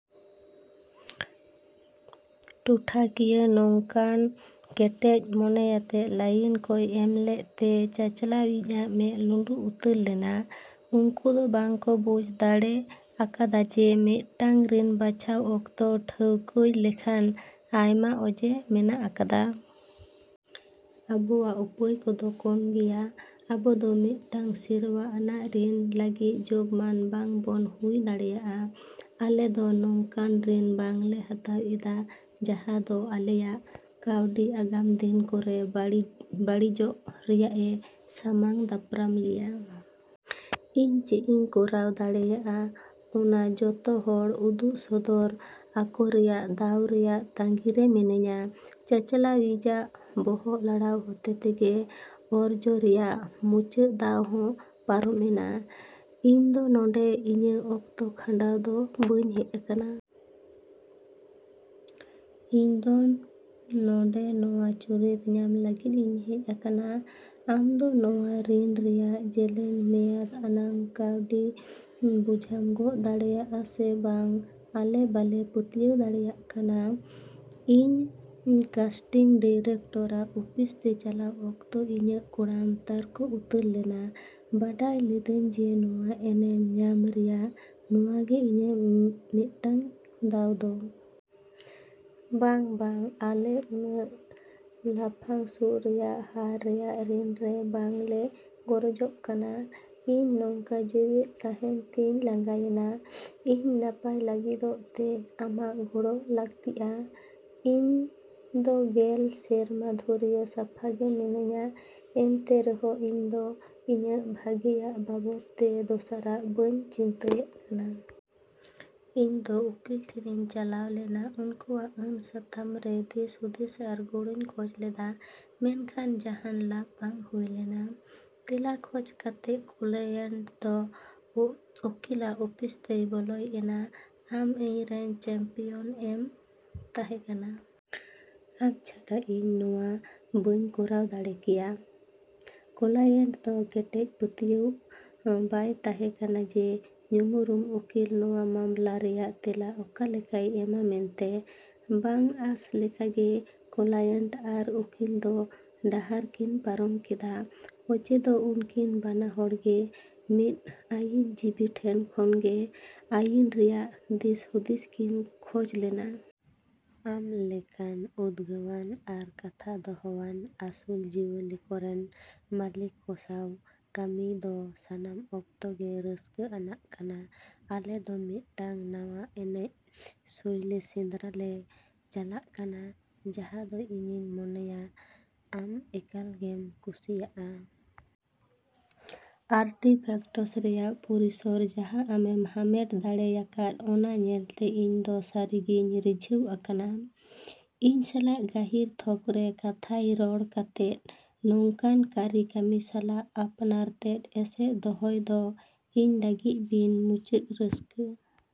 ᱯᱟᱴᱷᱚ ᱠᱤᱭᱟᱹ ᱱᱚᱝᱠᱟᱱ ᱠᱮᱴᱮᱡ ᱢᱚᱱᱮᱭᱟᱛᱮᱫ ᱞᱟᱭᱤᱱ ᱠᱚᱭ ᱮᱢᱞᱮᱫ ᱛᱮ ᱪᱟᱪᱟᱞᱟᱣᱤᱡ ᱟᱜ ᱢᱮᱫ ᱞᱩᱸᱰᱩ ᱩᱛᱟᱹᱨ ᱞᱮᱱᱟ᱾ ᱩᱱᱠᱩ ᱫᱚ ᱵᱟᱝ ᱠᱚ ᱵᱩᱡ ᱫᱟᱲᱮ ᱟᱠᱟᱫᱟ ᱡᱮ ᱢᱤᱫᱴᱟᱝ ᱨᱤᱱ ᱵᱟᱪᱷᱟᱣ ᱚᱠᱛᱚ ᱴᱷᱟᱹᱣᱠᱟᱹᱭ ᱞᱮᱠᱟᱱ ᱟᱭᱢᱟ ᱚᱡᱮ ᱢᱮᱱᱟᱜ ᱟᱠᱟᱫᱟ! ᱟᱵᱚᱣᱟᱜ ᱩᱯᱟᱹᱭ ᱠᱚ ᱫᱚ ᱠᱚᱢ ᱜᱮᱭᱟ! ᱟᱵᱚ ᱫᱚ ᱢᱤᱫᱴᱟᱝ ᱥᱮᱨᱣᱟ ᱟᱱᱟᱜ ᱨᱤᱱ ᱞᱟᱹᱜᱤᱫ ᱡᱳᱜᱢᱟᱱ ᱵᱟᱝ ᱵᱚᱱ ᱦᱩᱭ ᱫᱟᱲᱮᱭᱟᱜᱼᱟ᱾ ᱟᱞᱮ ᱫᱚ ᱱᱚᱝ ᱠᱟᱱ ᱨᱤᱱ ᱵᱟᱝᱞᱮ ᱦᱟᱛᱟᱣ ᱮᱫᱟ ᱡᱟᱦᱟᱸ ᱫᱚ ᱟᱞᱮᱭᱟᱜ ᱠᱟᱹᱣᱰᱤ ᱟᱜᱟᱢ ᱫᱤᱱ ᱠᱚᱨᱮ ᱵᱟᱹᱲᱤᱡᱚᱜ ᱨᱮᱭᱟᱜ ᱮ ᱥᱟᱢᱟᱝ ᱫᱟᱯᱨᱟᱢ ᱞᱮᱭᱟ! ᱤᱧ ᱪᱮᱫ ᱤᱧ ᱠᱚᱨᱟᱣ ᱫᱟᱲᱮᱹᱭᱟᱜᱼᱟ ᱚᱱᱟ ᱡᱚᱛᱚ ᱦᱚᱲ ᱩᱫᱩᱜ ᱥᱚᱫᱚᱨ ᱟᱠᱚ ᱨᱮᱭᱟᱜ ᱫᱟᱣ ᱨᱮᱭᱟᱜ ᱛᱟᱺᱜᱤ ᱨᱮ ᱢᱤᱱᱟᱹᱧᱟ᱾ ᱪᱟᱪᱟᱞᱟᱣᱤᱡᱟᱜ ᱵᱚᱦᱚᱜ ᱞᱟᱲᱟᱣ ᱦᱚᱛᱮ ᱛᱮᱜᱮ ᱚᱨᱡᱚ ᱨᱮᱭᱟᱜ ᱢᱩᱪᱟᱹᱫ ᱫᱟᱣ ᱦᱚᱸ ᱯᱟᱨᱚᱢ ᱮᱱᱟ᱾ ᱤᱧ ᱫᱚ ᱱᱚᱸᱰᱮ ᱤᱧᱟᱹᱜ ᱚᱠᱛᱚ ᱠᱷᱟᱸᱰᱟᱣ ᱫᱚ ᱵᱟᱹᱧ ᱦᱮᱡ ᱟᱠᱟᱱᱟ! ᱤᱧ ᱫᱚ ᱱᱚᱸᱰᱮ ᱱᱚᱶᱟ ᱪᱩᱨᱤᱛ ᱧᱟᱢ ᱞᱟᱹᱜᱤᱫ ᱤᱧ ᱦᱮᱡ ᱟᱠᱟᱱᱟ᱾ ᱟᱢ ᱫᱚ ᱱᱚᱶᱟ ᱨᱤᱱ ᱨᱮᱭᱟᱜ ᱡᱮᱞᱮᱧ ᱢᱮᱭᱟᱫ ᱟᱱᱟᱜ ᱠᱟᱹᱣᱰᱤ ᱵᱚᱡᱷᱟᱢ ᱜᱚᱜ ᱫᱟᱲᱮᱭᱟᱜᱼᱟ ᱥᱮ ᱵᱟᱝ ᱟᱞᱮ ᱵᱟᱞᱮ ᱯᱟᱹᱛᱭᱟᱹᱣ ᱫᱟᱲᱮᱭᱟᱜ ᱠᱟᱱᱟ᱾ ᱤᱧ ᱠᱟᱥᱴᱤᱝ ᱰᱤᱨᱮᱠᱴᱚᱨ ᱟᱜ ᱚᱯᱷᱤᱥ ᱛᱮ ᱪᱟᱞᱟᱜ ᱚᱠᱛᱚ ᱤᱧᱟᱜ ᱠᱚᱲᱟᱢ ᱛᱟᱨᱠᱚ ᱩᱛᱟᱹᱨ ᱞᱮᱱᱟ, ᱵᱟᱰᱟᱭ ᱞᱤᱫᱟᱹᱧ ᱡᱮ ᱱᱚᱶᱟ ᱮᱱᱮᱢ ᱧᱟᱢ ᱨᱮᱭᱟᱜ ᱱᱚᱶᱟ ᱜᱮ ᱤᱧᱟᱜ ᱢᱤᱫᱴᱟᱝ ᱫᱟᱣ ᱫᱚ᱾ ᱵᱟᱝ, ᱵᱟᱝ! ᱟᱞᱮ ᱱᱩᱱᱟᱹᱜ ᱞᱟᱯᱷᱟᱝ ᱥᱩᱫ ᱨᱮᱭᱟᱜ ᱦᱟᱨ ᱨᱮᱭᱟᱜ ᱨᱤᱱ ᱨᱮ ᱵᱟᱝ ᱞᱮ ᱜᱚᱨᱚᱡᱚᱜ ᱠᱟᱱᱟ᱾ ᱤᱧ ᱱᱚᱝᱠᱟ ᱡᱤᱣᱮᱫ ᱛᱟᱦᱮᱸᱱ ᱛᱮᱧ ᱞᱟᱸᱜᱟᱭᱮᱱᱟ! ᱤᱧ ᱱᱟᱯᱟᱭ ᱞᱟᱹᱜᱤᱫᱚᱜ ᱛᱮ ᱟᱢᱟᱜ ᱜᱚᱲᱚ ᱞᱟᱹᱠᱛᱤᱼᱟ! ᱤᱧ ᱫᱚ ᱜᱮᱞ ᱥᱮᱨᱢᱟ ᱫᱷᱩᱨᱭᱟᱹ ᱥᱟᱯᱷᱟ ᱜᱮ ᱢᱤᱱᱟᱹᱧᱟ ᱮᱱᱛᱮ ᱨᱮᱦᱚᱸ ᱤᱧ ᱫᱚ ᱤᱧᱟᱹᱜ ᱵᱷᱟᱜᱮᱭᱟᱜ ᱵᱟᱵᱚᱫ ᱛᱮ ᱫᱚᱥᱟᱨᱟᱜ ᱵᱟᱹᱧ ᱪᱤᱱᱛᱟᱹᱭᱮᱫ ᱠᱟᱱᱟ᱾ ᱤᱧ ᱫᱚ ᱩᱠᱤᱞ ᱴᱷᱮᱱᱤᱧ ᱪᱟᱞᱟᱣ ᱞᱮᱱᱟ, ᱩᱱᱠᱩᱣᱟᱜ ᱟᱹᱱ ᱥᱟᱛᱟᱢ ᱨᱮ ᱫᱤᱥᱦᱩᱫᱤᱥ ᱟᱨ ᱜᱚᱲᱚᱧ ᱠᱷᱚᱡ ᱞᱮᱫᱟ, ᱢᱮᱱᱠᱷᱟᱱ ᱡᱟᱦᱟᱱ ᱞᱟᱵᱷ ᱵᱟᱝ ᱦᱩᱭ ᱞᱮᱱᱟ! ᱛᱮᱞᱟ ᱠᱷᱚᱡ ᱠᱟᱛᱮᱫ ᱠᱞᱟᱭᱮᱱᱴ ᱫᱚ ᱩᱠᱤᱞᱟᱜ ᱟᱹᱯᱤᱥᱛᱮᱭ ᱵᱚᱞᱚᱭ ᱮᱱᱟ! ᱟᱢ ᱤᱧᱨᱮᱱ ᱪᱮᱢᱯᱤᱭᱚᱱ ᱮᱢ ᱛᱟᱦᱮᱸ ᱠᱟᱱᱟ! ᱟᱢ ᱪᱷᱟᱰᱟ ᱤᱧ ᱱᱚᱶᱟ ᱵᱟᱹᱧ ᱠᱚᱨᱟᱣ ᱫᱟᱲᱮ ᱠᱮᱭᱟ᱾ ᱠᱞᱟᱭᱮᱱᱴ ᱫᱚ ᱠᱮᱴᱮᱡ ᱯᱟᱹᱛᱭᱟᱹᱣ ᱵᱟᱭ ᱛᱟᱷᱮᱸ ᱠᱟᱱᱟ ᱡᱮ ᱧᱩᱢᱩᱨᱩᱢ ᱩᱠᱤᱞ ᱱᱚᱶᱟ ᱢᱟᱢᱞᱟ ᱨᱮᱭᱟᱜ ᱛᱮᱞᱟ ᱚᱠᱟ ᱞᱮᱠᱟᱭ ᱮᱢᱟ ᱢᱮᱱᱛᱮ᱾ ᱵᱟᱝ ᱟᱥ ᱞᱮᱠᱟᱜᱮ, ᱠᱞᱟᱭᱮᱱᱴ ᱟᱨ ᱩᱠᱤᱞ ᱫᱚ ᱰᱟᱦᱟᱨ ᱠᱤᱱ ᱯᱟᱨᱚᱢ ᱠᱮᱫᱟ, ᱚᱡᱮ ᱫᱚ ᱩᱱᱠᱤᱱ ᱵᱟᱱᱟ ᱦᱚᱲ ᱜᱮ ᱢᱤᱫ ᱟᱹᱭᱤᱱ ᱡᱤᱵᱤ ᱴᱷᱮᱱ ᱠᱷᱚᱱᱜᱮ ᱟᱭᱤᱱ ᱨᱮᱭᱟᱜ ᱫᱤᱥᱼᱦᱩᱫᱤᱥ ᱠᱤᱱ ᱠᱷᱚᱡ ᱞᱮᱱᱟ᱾ ᱟᱢ ᱞᱮᱠᱟᱱ ᱩᱫᱜᱟᱹᱣᱟᱱ ᱟᱨ ᱠᱟᱛᱷᱟ ᱫᱚᱦᱚᱣᱟᱱ ᱟᱹᱥᱩᱞ ᱡᱤᱭᱟᱹᱞᱤ ᱠᱚᱨᱮᱱ ᱢᱟᱹᱞᱤᱠ ᱠᱚ ᱥᱟᱶ ᱠᱟᱹᱢᱤᱭ ᱫᱚ ᱥᱟᱱᱟᱢ ᱚᱠᱛᱚ ᱜᱮ ᱨᱟᱹᱥᱠᱟᱹ ᱟᱱᱟᱜ ᱠᱟᱱᱟ᱾ ᱟᱞᱮ ᱫᱚ ᱢᱤᱫᱴᱟᱝ ᱱᱟᱣᱟ ᱮᱱᱮᱡ ᱥᱳᱭᱞᱤ ᱥᱮᱸᱫᱽᱨᱟᱭ ᱞᱮ ᱪᱟᱞᱟᱜ ᱠᱟᱱᱟ ᱡᱟᱦᱟᱸ ᱫᱚ ᱤᱧᱤᱧ ᱢᱚᱱᱮᱭᱟ ᱟᱢ ᱮᱠᱟᱞ ᱜᱮᱢ ᱠᱩᱥᱤᱭᱟᱜᱼᱟ᱾ ᱟᱨᱴᱤᱯᱷᱮᱠᱴᱥ ᱨᱮᱭᱟᱜ ᱯᱚᱨᱤᱥᱚᱨ ᱡᱟᱦᱟᱸ ᱫᱚ ᱟᱢᱮᱢ ᱦᱟᱢᱮᱴ ᱫᱟᱲᱮᱭᱟᱠᱟᱫ ᱚᱱᱟ ᱧᱮᱞᱛᱮ ᱤᱧ ᱫᱚ ᱥᱟᱹᱨᱤ ᱜᱮᱧ ᱨᱤᱡᱷᱟᱹᱣ ᱟᱠᱟᱱᱟ᱾ ᱤᱧ ᱥᱟᱞᱟᱜ ᱜᱟᱹᱦᱤᱨ ᱛᱷᱚᱠ ᱨᱮ ᱠᱟᱛᱷᱟᱭ ᱨᱚᱲ ᱠᱟᱛᱮᱫ ᱱᱚᱝᱠᱟᱱ ᱠᱟᱹᱨᱤᱠᱟᱹᱢᱤ ᱥᱟᱞᱟᱜ ᱟᱯᱱᱟᱨ ᱛᱮᱫ ᱮᱥᱮᱫ ᱫᱚᱦᱚᱭ ᱫᱚ ᱤᱧ ᱞᱟᱹᱜᱤᱫ ᱵᱤᱱ ᱢᱩᱪᱟᱹᱫ ᱨᱟᱹᱥᱠᱟᱹᱼᱼ